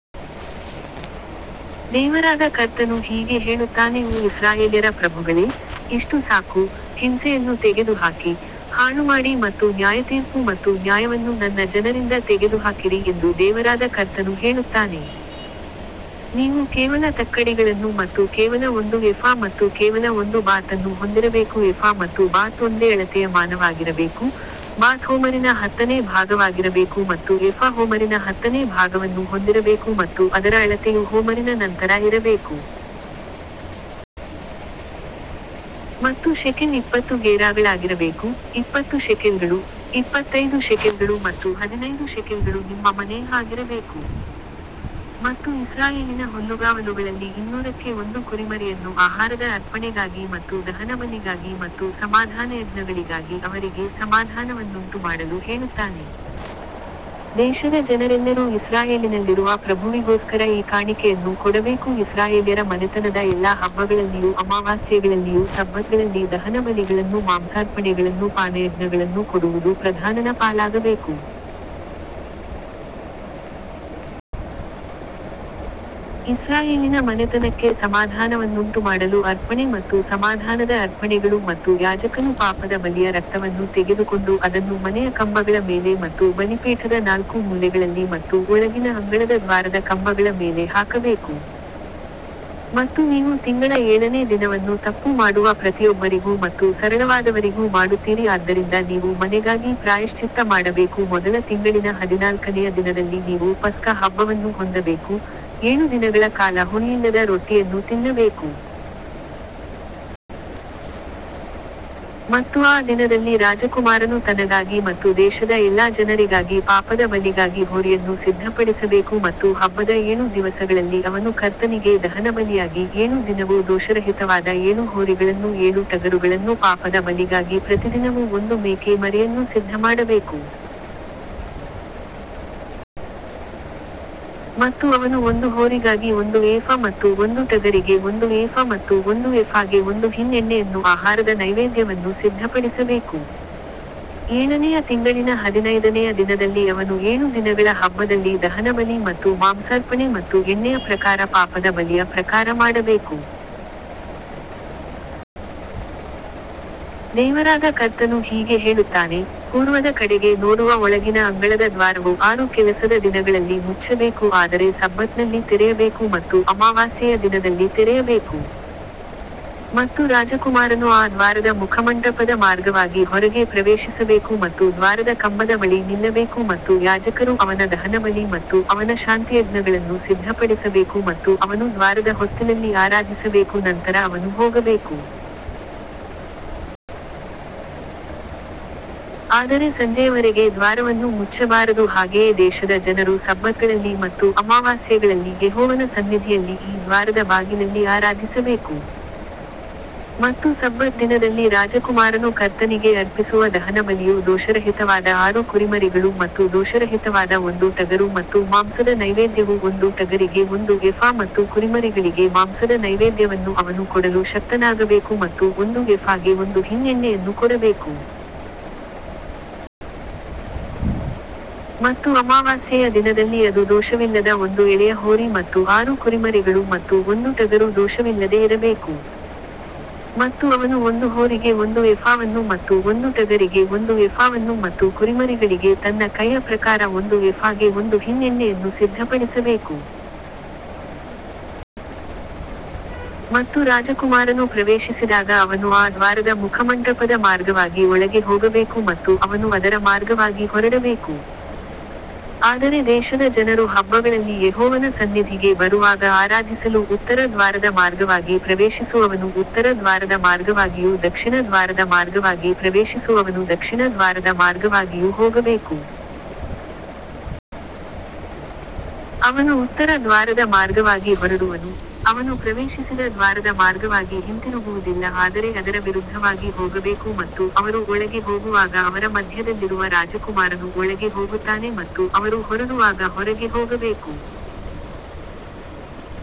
ದೇವರಾದ ಕರ್ತನು ಹೀಗೆ ಹೇಳುತ್ತಾನೆ ಓ ಇಸ್ರಾಯೇಲ್ಯರ ಪ್ರಭುಗಳೇ, ಇಷ್ಟು ಸಾಕು, ಹಿಂಸೆಯನ್ನು ತೆಗೆದುಹಾಕಿ, ಹಾಳುಮಾಡಿ ಮತ್ತು ನ್ಯಾಯತೀರ್ಪು ಮತ್ತು ನ್ಯಾಯವನ್ನು ನನ್ನ ಜನರಿಂದ ತೆಗೆದುಹಾಕಿರಿ ಎಂದು ದೇವರಾದ ಕರ್ತನು ಹೇಳುತ್ತಾನೆ. ನೀವು ಕೇವಲ ತಕ್ಕಡಿಗಳನ್ನು ಮತ್ತು ಕೇವಲ ಒಂದು ಎಫಾ ಮತ್ತು ಕೇವಲ ಒಂದು ಬಾತನ್ನು ಹೊಂದಿರಬೇಕು ಎಫಾ ಮತ್ತು ಬಾತ್ ಒಂದೇ ಅಳತೆಯ ಮಾನವಾಗಿರಬೇಕು, ಬಾತ್ ಹೋಮರಿನ ಹತ್ತನೇ ಭಾಗವಾಗಿರಬೇಕು ಮತ್ತು ಎಫಾ ಹೋಮರಿನ ಹತ್ತನೇ ಭಾಗವನ್ನು ಹೊಂದಿರಬೇಕು ಮತ್ತು ಅದರ ಅಳತೆಯು ಹೋಮರಿನ ನಂತರ ಇರಬೇಕು. ಮತ್ತು ಶೆಕೆಲ್ ಇಪ್ಪತ್ತು ಗೇರಾಗಳಾಗಿರಬೇಕು, ಇಪ್ಪತ್ತು ಶೆಕೆಲ್ಗಳು, ಇಪ್ಪತ್ತೈದು ಶೆಕೆಲ್ಗಳು ಮತ್ತು ಹದಿನೈದು ಶೆಕೆಲ್ಗಳು ನಿಮ್ಮ ಮನೇಹ್ ಆಗಿರಬೇಕು. ಮತ್ತು ಇಸ್ರಾಯೇಲಿನ ಹುಲ್ಲುಗಾವಲುಗಳಲ್ಲಿ ಇನ್ನೂರಕ್ಕೆ ಒಂದು ಕುರಿಮರಿಯನ್ನು ಆಹಾರದ ಅರ್ಪಣೆಗಾಗಿ ಮತ್ತು ದಹನಬಲಿಗಾಗಿ ಮತ್ತು ಸಮಾಧಾನಯಜ್ಞಗಳಿಗಾಗಿ ಅವರಿಗೆ ಸಮಾಧಾನವನ್ನುಂಟುಮಾಡಲು ಹೇಳುತ್ತಾನೆ. ದೇಶದ ಜನರೆಲ್ಲರೂ ಇಸ್ರಾಯೇಲಿನಲ್ಲಿರುವ ಪ್ರಭುವಿಗೋಸ್ಕರ ಈ ಕಾಣಿಕೆಯನ್ನು ಕೊಡಬೇಕು ಇಸ್ರಾಯೇಲ್ಯರ ಮನೆತನದ ಎಲ್ಲಾ ಹಬ್ಬಗಳಲ್ಲಿಯೂ ಅಮಾವಾಸ್ಯೆಗಳಲ್ಲಿಯೂ ಸಬ್ಬತ್ಗಳಲ್ಲಿ ದಹನಬಲಿಗಳನ್ನೂ ಮಾಂಸಾರ್ಪಣೆಗಳನ್ನೂ ಪಾನಯಜ್ಞಗಳನ್ನೂ ಕೊಡುವುದು ಪ್ರಧಾನನ ಪಾಲಾಗಬೇಕು. ಇಸ್ರಾಯೇಲಿನ ಮನೆತನಕ್ಕೆ ಸಮಾಧಾನವನ್ನುಂಟುಮಾಡಲು ಅರ್ಪಣೆ ಮತ್ತು ಸಮಾಧಾನದ ಅರ್ಪಣೆಗಳು ಮತ್ತು ಯಾಜಕನು ಪಾಪದ ಬಲಿಯ ರಕ್ತವನ್ನು ತೆಗೆದುಕೊಂಡು ಅದನ್ನು ಮನೆಯ ಕಂಬಗಳ ಮೇಲೆ ಮತ್ತು ಬಲಿಪೀಠದ ನಾಲ್ಕು ಮೂಲೆಗಳಲ್ಲಿ ಮತ್ತು ಒಳಗಿನ ಅಂಗಳದ ದ್ವಾರದ ಕಂಬಗಳ ಮೇಲೆ ಹಾಕಬೇಕು. ಮತ್ತು ನೀವು ತಿಂಗಳ ಏಳನೇ ದಿನವನ್ನು ತಪ್ಪು ಮಾಡುವ ಪ್ರತಿಯೊಬ್ಬರಿಗೂ ಮತ್ತು ಸರಳವಾದವರಿಗೂ ಮಾಡುತ್ತೀರಿ ಆದ್ದರಿಂದ ನೀವು ಮನೆಗಾಗಿ ಪ್ರಾಯಶ್ಚಿತ್ತ ಮಾಡಬೇಕು ಮೊದಲ ತಿಂಗಳಿನ ಹದಿನಾಲ್ಕನೆಯ ದಿನದಲ್ಲಿ ನೀವು ಪಸ್ಕ ಹಬ್ಬವನ್ನು ಹೊಂದಬೇಕು, ಏಳು ದಿನಗಳ ಕಾಲ ಹುಳಿಯಿಲ್ಲದ ರೊಟ್ಟಿಯನ್ನು ತಿನ್ನಬೇಕು. ಮತ್ತು ಆ ದಿನದಲ್ಲಿ ರಾಜಕುಮಾರನು ತನಗಾಗಿ ಮತ್ತು ದೇಶದ ಎಲ್ಲಾ ಜನರಿಗಾಗಿ ಪಾಪದ ಬಲಿಗಾಗಿ ಹೋರಿಯನ್ನು ಸಿದ್ಧಪಡಿಸಬೇಕು ಮತ್ತು ಹಬ್ಬದ ಏಳು ದಿವಸಗಳಲ್ಲಿ ಅವನು ಕರ್ತನಿಗೆ ದಹನಬಲಿಯಾಗಿ ಏಳು ದಿನವೂ ದೋಷರಹಿತವಾದ ಏಳು ಹೋರಿಗಳನ್ನೂ ಏಳು ಟಗರುಗಳನ್ನೂ ಪಾಪದ ಬಲಿಗಾಗಿ ಪ್ರತಿದಿನವೂ ಒಂದು ಮೇಕೆ ಮರಿಯನ್ನೂ ಸಿದ್ಧಮಾಡಬೇಕು. ಮತ್ತು ಅವನು ಒಂದು ಹೋರಿಗಾಗಿ ಒಂದು ಏಫ ಮತ್ತು ಒಂದು ಟಗರಿಗೆ ಒಂದು ಏಫ ಮತ್ತು ಒಂದು ಎಫಾಗೆ ಒಂದು ಹಿನ್ ಎಣ್ಣೆಯನ್ನು ಆಹಾರದ ನೈವೇದ್ಯವನ್ನು ಸಿದ್ಧಪಡಿಸಬೇಕು. ಏಳನೆಯ ತಿಂಗಳಿನ ಹದಿನೈದನೆಯ ದಿನದಲ್ಲಿ ಅವನು ಏಳು ದಿನಗಳ ಹಬ್ಬದಲ್ಲಿ ದಹನಬಲಿ ಮತ್ತು ಮಾಂಸಾರ್ಪಣೆ ಮತ್ತು ಎಣ್ಣೆಯ ಪ್ರಕಾರ ಪಾಪದ ಬಲಿಯ ಪ್ರಕಾರ ಮಾಡಬೇಕು. ದೇವರಾದ ಕರ್ತನು ಹೀಗೆ ಹೇಳುತ್ತಾನೆ, ಪೂರ್ವದ ಕಡೆಗೆ ನೋಡುವ ಒಳಗಿನ ಅಂಗಳದ ದ್ವಾರವು ಆರು ಕೆಲಸದ ದಿನಗಳಲ್ಲಿ ಮುಚ್ಚಬೇಕು ಆದರೆ ಸಬ್ಬತ್ನಲ್ಲಿ ತೆರೆಯಬೇಕು ಮತ್ತು ಅಮಾವಾಸ್ಯೆಯ ದಿನದಲ್ಲಿ ತೆರೆಯಬೇಕು. ಮತ್ತು ರಾಜಕುಮಾರನು ಆ ದ್ವಾರದ ಮುಖಮಂಟಪದ ಮಾರ್ಗವಾಗಿ ಹೊರಗೆ ಪ್ರವೇಶಿಸಬೇಕು ಮತ್ತು ದ್ವಾರದ ಕಂಬದ ಬಳಿ ನಿಲ್ಲಬೇಕು ಮತ್ತು ಯಾಜಕರು ಅವನ ದಹನಬಲಿ ಮತ್ತು ಅವನ ಶಾಂತಿಯಜ್ಞಗಳನ್ನು ಸಿದ್ಧಪಡಿಸಬೇಕು ಮತ್ತು ಅವನು ದ್ವಾರದ ಹೊಸ್ತಿಲಲ್ಲಿ ಆರಾಧಿಸಬೇಕು ನಂತರ ಅವನು ಹೋಗಬೇಕು. ಆದರೆ ಸಂಜೆಯವರೆಗೆ ದ್ವಾರವನ್ನು ಮುಚ್ಚಬಾರದು ಹಾಗೆಯೇ ದೇಶದ ಜನರು ಸಬ್ಬತ್ಗಳಲ್ಲಿ ಮತ್ತು ಅಮಾವಾಸ್ಯೆಗಳಲ್ಲಿ ಯೆಹೋವನ ಸನ್ನಿಧಿಯಲ್ಲಿ ಈ ದ್ವಾರದ ಬಾಗಿಲಲ್ಲಿ ಆರಾಧಿಸಬೇಕು. ಮತ್ತು ಸಬ್ಬತ್ ದಿನದಲ್ಲಿ ರಾಜಕುಮಾರನು ಕರ್ತನಿಗೆ ಅರ್ಪಿಸುವ ದಹನಬಲಿಯು ದೋಷರಹಿತವಾದ ಆರು ಕುರಿಮರಿಗಳು ಮತ್ತು ದೋಷರಹಿತವಾದ ಒಂದು ಟಗರು ಮತ್ತು ಮಾಂಸದ ನೈವೇದ್ಯವು ಒಂದು ಟಗರಿಗೆ ಒಂದು ಎಫಾ ಮತ್ತು ಕುರಿಮರಿಗಳಿಗೆ ಮಾಂಸದ ನೈವೇದ್ಯವನ್ನು ಅವನು ಕೊಡಲು ಶಕ್ತನಾಗಬೇಕು ಮತ್ತು ಒಂದು ಎಫಾಗೆ ಒಂದು ಹಿನ್ ಎಣ್ಣೆಯನ್ನು ಕೊಡಬೇಕು. ಮತ್ತು ಅಮಾವಾಸ್ಯೆಯ ದಿನದಲ್ಲಿ ಅದು ದೋಷವಿಲ್ಲದ ಒಂದು ಎಳೆಯ ಹೋರಿ ಮತ್ತು ಆರು ಕುರಿಮರಿಗಳು ಮತ್ತು ಒಂದು ಟಗರು ದೋಷವಿಲ್ಲದೆ ಇರಬೇಕು. ಮತ್ತು ಅವನು ಒಂದು ಹೋರಿಗೆ ಒಂದು ಎಫಾವನ್ನು ಮತ್ತು ಒಂದು ಟಗರಿಗೆ ಒಂದು ಎಫಾವನ್ನು ಮತ್ತು ಕುರಿಮರಿಗಳಿಗೆ ತನ್ನ ಕೈಯ ಪ್ರಕಾರ ಒಂದು ಎಫಾಗೆ ಒಂದು ಹಿನ್ ಎಣ್ಣೆಯನ್ನು ಸಿದ್ಧಪಡಿಸಬೇಕು. ಮತ್ತು ರಾಜಕುಮಾರನು ಪ್ರವೇಶಿಸಿದಾಗ ಅವನು ಆ ದ್ವಾರದ ಮುಖಮಂಟಪದ ಮಾರ್ಗವಾಗಿ ಒಳಗೆ ಹೋಗಬೇಕು ಮತ್ತು ಅವನು ಅದರ ಮಾರ್ಗವಾಗಿ ಹೊರಡಬೇಕು. ಆದರೆ ದೇಶದ ಜನರು ಹಬ್ಬಗಳಲ್ಲಿ ಯೆಹೋವನ ಸನ್ನಿಧಿಗೆ ಬರುವಾಗ ಆರಾಧಿಸಲು ಉತ್ತರ ದ್ವಾರದ ಮಾರ್ಗವಾಗಿ ಪ್ರವೇಶಿಸುವವನು ಉತ್ತರ ದ್ವಾರದ ಮಾರ್ಗವಾಗಿಯೂ ದಕ್ಷಿಣ ದ್ವಾರದ ಮಾರ್ಗವಾಗಿ ಪ್ರವೇಶಿಸುವವನು ದಕ್ಷಿಣ ದ್ವಾರದ ಮಾರ್ಗವಾಗಿಯೂ ಹೋಗಬೇಕು. ಅವನು ಉತ್ತರ ದ್ವಾರದ ಮಾರ್ಗವಾಗಿ ಹೊರಡುವನು, ಅವನು ಪ್ರವೇಶಿಸಿದ ದ್ವಾರದ ಮಾರ್ಗವಾಗಿ ಹಿಂತಿರುಗುವುದಿಲ್ಲ ಆದರೆ ಅದರ ವಿರುದ್ಧವಾಗಿ ಹೋಗಬೇಕು ಮತ್ತು ಅವರು ಒಳಗೆ ಹೋಗುವಾಗ ಅವರ ಮಧ್ಯದಲ್ಲಿರುವ ರಾಜಕುಮಾರನು ಒಳಗೆ ಹೋಗುತ್ತಾನೆ ಮತ್ತು ಅವರು ಹೊರಡುವಾಗ ಹೊರಗೆ ಹೋಗಬೇಕು.